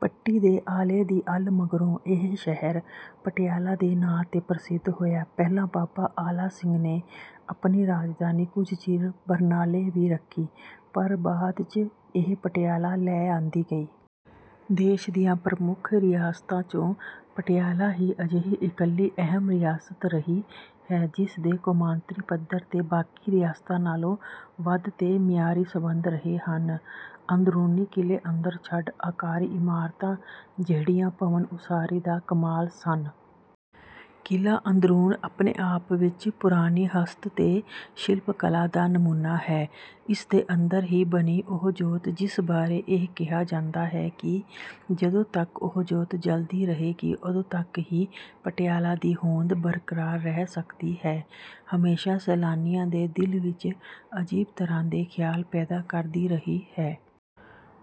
ਪੱਟੀ ਦੇ ਆਲੇ ਦੀ 'ਅੱਲ' ਮਗਰੋਂ ਇਹ ਸ਼ਹਿਰ ਪਟਿਆਲਾ ਦੇ ਨਾਂ 'ਤੇ ਪ੍ਰਸਿੱਧ ਹੋਇਆ। ਪਹਿਲਾਂ ਬਾਬਾ ਆਲਾ ਸਿੰਘ ਨੇ ਆਪਣੀ ਰਾਜਧਾਨੀ ਕੁਝ ਚਿਰ ਬਰਨਾਲੇ ਵੀ ਰੱਖੀ, ਪਰ ਬਾਅਦ 'ਚ ਇਹ ਪਟਿਆਲਾ ਲੈ ਆਂਦੀ ਗਈ। ਦੇਸ਼ ਦੀਆਂ ਪ੍ਰਮੱਖ ਰਿਆਸਤਾਂ 'ਚੋਂ ਪਟਿਆਲਾ ਹੀ ਅਜਿਹੀ ਇਕੱਲੀ ਅਹਿਮ ਰਿਆਸਤ ਰਹੀ ਹੈ, ਜਿਸ ਦੇ ਕੌਮਾਂਤਰੀ ਪੱਧਰ 'ਤੇ ਬਾਕੀ ਰਿਆਸਤਾਂ ਨਾਲੋਂ ਵੱਧ ਤੇ ਮਿਆਰੀ ਸਬੰਧ ਰਹੇ ਹਨ। ਅੰਦਰੂਨੀ ਕਿਲ੍ਹੇ ਅੰਦਰ ਵੱਡ ਆਕਾਰੀ ਇਮਾਰਤਾਂ, ਜਿਹੜੀਆਂ ਭਵਨ ਉਸਾਰੀ ਦਾ ਕਮਾਲ ਸਨ। ਕਿਲ੍ਹਾ ਅੰਦਰੂਨ ਆਪਣੇ ਆਪ ਵਿਚ ਪੁਰਾਣੀ ਹਸਤ ਤੇ ਸ਼ਿਲਪ ਕਲਾ ਦਾ ਨਮੂਨਾ ਹੈ। ਇਸ ਦੇ ਅੰਦਰ ਹੀ ਬਣੀ ਉਹ ਜੋਤ ਜਿਸ ਬਾਰੇ ਇਹ ਕਿਹਾ ਜਾਂਦਾ ਹੈ ਕਿ ਜਦੋਂ ਤੱਕ ਉਹ ਜੋਤ ਜਲਦੀ ਰਹੇਗੀ ਉਦੋਂ ਤੱਕ ਹੀ ਪਟਿਆਲਾ ਦੀ ਹੋਂਦ ਬਰਕਰਾਰ ਰਹਿ ਸਕਦੀ ਹੈ, ਹਮੇਸ਼ਾ ਸੈਲਾਨੀਆਂ ਦੇ ਦਿਲ ਵਿਚ ਅਜੀਬ ਤਰ੍ਹਾਂ ਦੇ ਖਿਆਲ ਪੈਦਾ ਕਰਦੀ ਰਹੀ ਹੈ।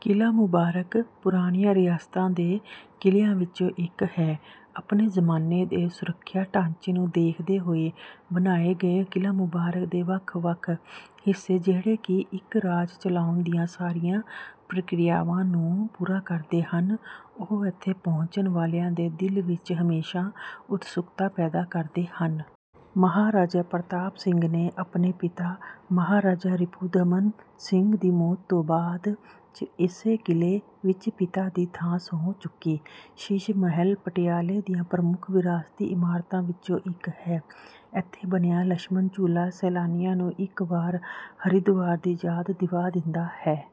ਕਿਲ੍ਹਾ ਮੁਬਾਰਕ ਪੁਰਾਣੀਆਂ ਰਿਆਸਤਾਂ ਦੇ ਕਿਲ੍ਹਿਆਂ ਵਿਚੋਂ ਇੱਕ ਹੈ। ਆਪਣੇ ਜ਼ਮਾਨੇ ਦੇ ਸੁਰੱਖਿਆ ਢਾਂਚੇ ਨੂੰ ਦੇਖਦੇ ਹੋਏ ਬਣਾਏ ਗਏ ਕਿਲ੍ਹਾ ਮੁਬਾਰਕ ਦੇ ਵੱਖ ਵੱਖ ਹਿੱਸੇ ਜਿਹੜੇ ਕਿ ਇੱਕ ਰਾਜ ਚਲਾਉਣ ਦੀਆਂ ਸਾਰੀਆਂ ਪ੍ਰਕਿਰਿਆਵਾਂ ਨੂੰ ਪੂਰਾ ਕਰਦੇ ਹਨ, ਉਹ ਇਥੇ ਪਹੁੰਚਣ ਵਾਲਿਆਂ ਦੇ ਦਿਲ ਵਿਚ ਹਮੇਸ਼ਾ ਉਤਸੁਕਤਾ ਪੈਦਾ ਕਰਦੇ ਹਨ। ਮਹਾਰਾਜਾ ਪ੍ਰਤਾਪ ਸਿੰਘ ਨੇ ਆਪਣੇ ਪਿਤਾ ਮਹਾਰਾਜਾ ਰਿਪੁਦਮਨ ਸਿੰਘ ਦੀ ਮੌਤ ਤੋਂ ਬਾਅਦ 'ਚ ਇਸੇ ਕਿਲ੍ਹੇ ਵਿੱਚ ਪਿਤਾ ਦੀ ਥਾਂ ਸਹੁੰ ਚੁੱਕੀ। ਸ਼ੀਸ਼ ਮਹਿਲ ਪਟਿਆਲੇ ਦੀਆਂ ਪ੍ਰਮੁੱਖ ਵਿਰਾਸਤੀ ਇਮਾਰਤਾਂ ਵਿਚੋਂ ਇੱਕ ਹੈ। ਇਥੇ ਬਣਿਆ ਲਛਮਣ ਝੂਲਾ ਸੈਲਾਨੀਆਂ ਨੂੰ ਇੱਕ ਵਾਰ ਹਰਿਦੁਆਰ ਦੀ ਯਾਦ ਦਿਵਾ ਦਿੰਦਾ ਹੈ।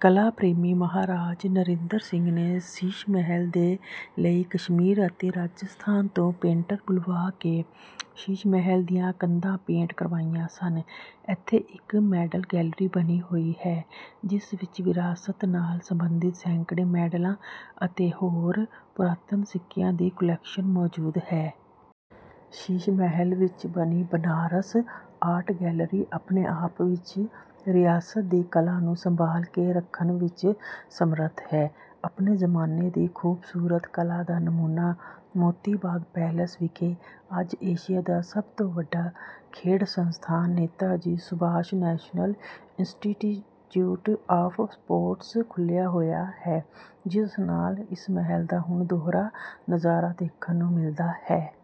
ਕਲਾ ਪ੍ਰੇਮੀ ਮਹਾਰਾਜਾ ਨਰਿੰਦਰ ਸਿੰਘ ਨੇ ਸ਼ੀਸ਼ ਮਹਿਲ ਦੇ ਲਈ ਕਸ਼ਮੀਰ ਅਤੇ ਰਾਜਸਥਾਨ ਤੋਂ ਪੇਂਟਰ ਬੁਲਵਾ ਕੇ ਸ਼ੀਸ਼ ਮਹਿਲ ਦੀਆਂ ਕੰਧਾਂ ਪੇਂਟ ਕਰਵਾਈਆਂ ਸਨ। ਇਥੇ ਇੱਕ ਮੈਡਲ ਗੈਲਰੀ ਬਣੀ ਹੋਈ ਹੈ, ਜਿਸ ਵਿਚ ਵਿਰਾਸਤ ਨਾਲ ਸਬੰਧਿਤ ਸੈਂਕੜੇ ਮੈਡਲਾਂ ਅਤੇ ਹੋਰ ਪੁਰਾਤਨ ਸਿੱਕਿਆਂ ਦੀ ਕੁਲੈਕਸ਼ਨ ਮੌਜੂਦ ਹੈ। ਸ਼ੀਸ਼ ਮਹਿਲ ਵਿਚ ਬਣੀ ਬਨਾਸਰ ਆਰਟ ਗੈਲਰੀ ਆਪਣੇ ਆਪ ਵਿਚ ਰਿਆਸਤ ਦੀ ਕਲਾ ਨੂੰ ਸੰਭਾਲ ਕੇ ਰੱਖਣ ਵਿਚ ਸਮਰੱਥ ਹੈ। ਆਪਣੇ ਜ਼ਮਾਨੇ ਦੀ ਖੂਬਸੂਰਤ ਕਲਾ ਦਾ ਨਮੂਨਾ ਮੋਤੀ ਬਾਗ ਪੈਲੇਸ ਵਿਖੇ ਅੱਜ ਏਸ਼ੀਆ ਦਾ ਸਭ ਤੋਂ ਵੱਡਾ ਖੇਡ ਸੰਸਥਾਨ Neta ji Subhas national institute of sports ਖੁੱਲ੍ਹਿਆ ਹੋਇਆ ਹੈ ਜਿਸ ਨਾਲ ਇਸ ਮਹਿਲ ਦਾ ਹੁਣ ਦੋਹਰਾ ਨਜ਼ਾਰਾ ਦੇਖਣ ਨੂੰ ਮਿਲਦਾ ਹੈ।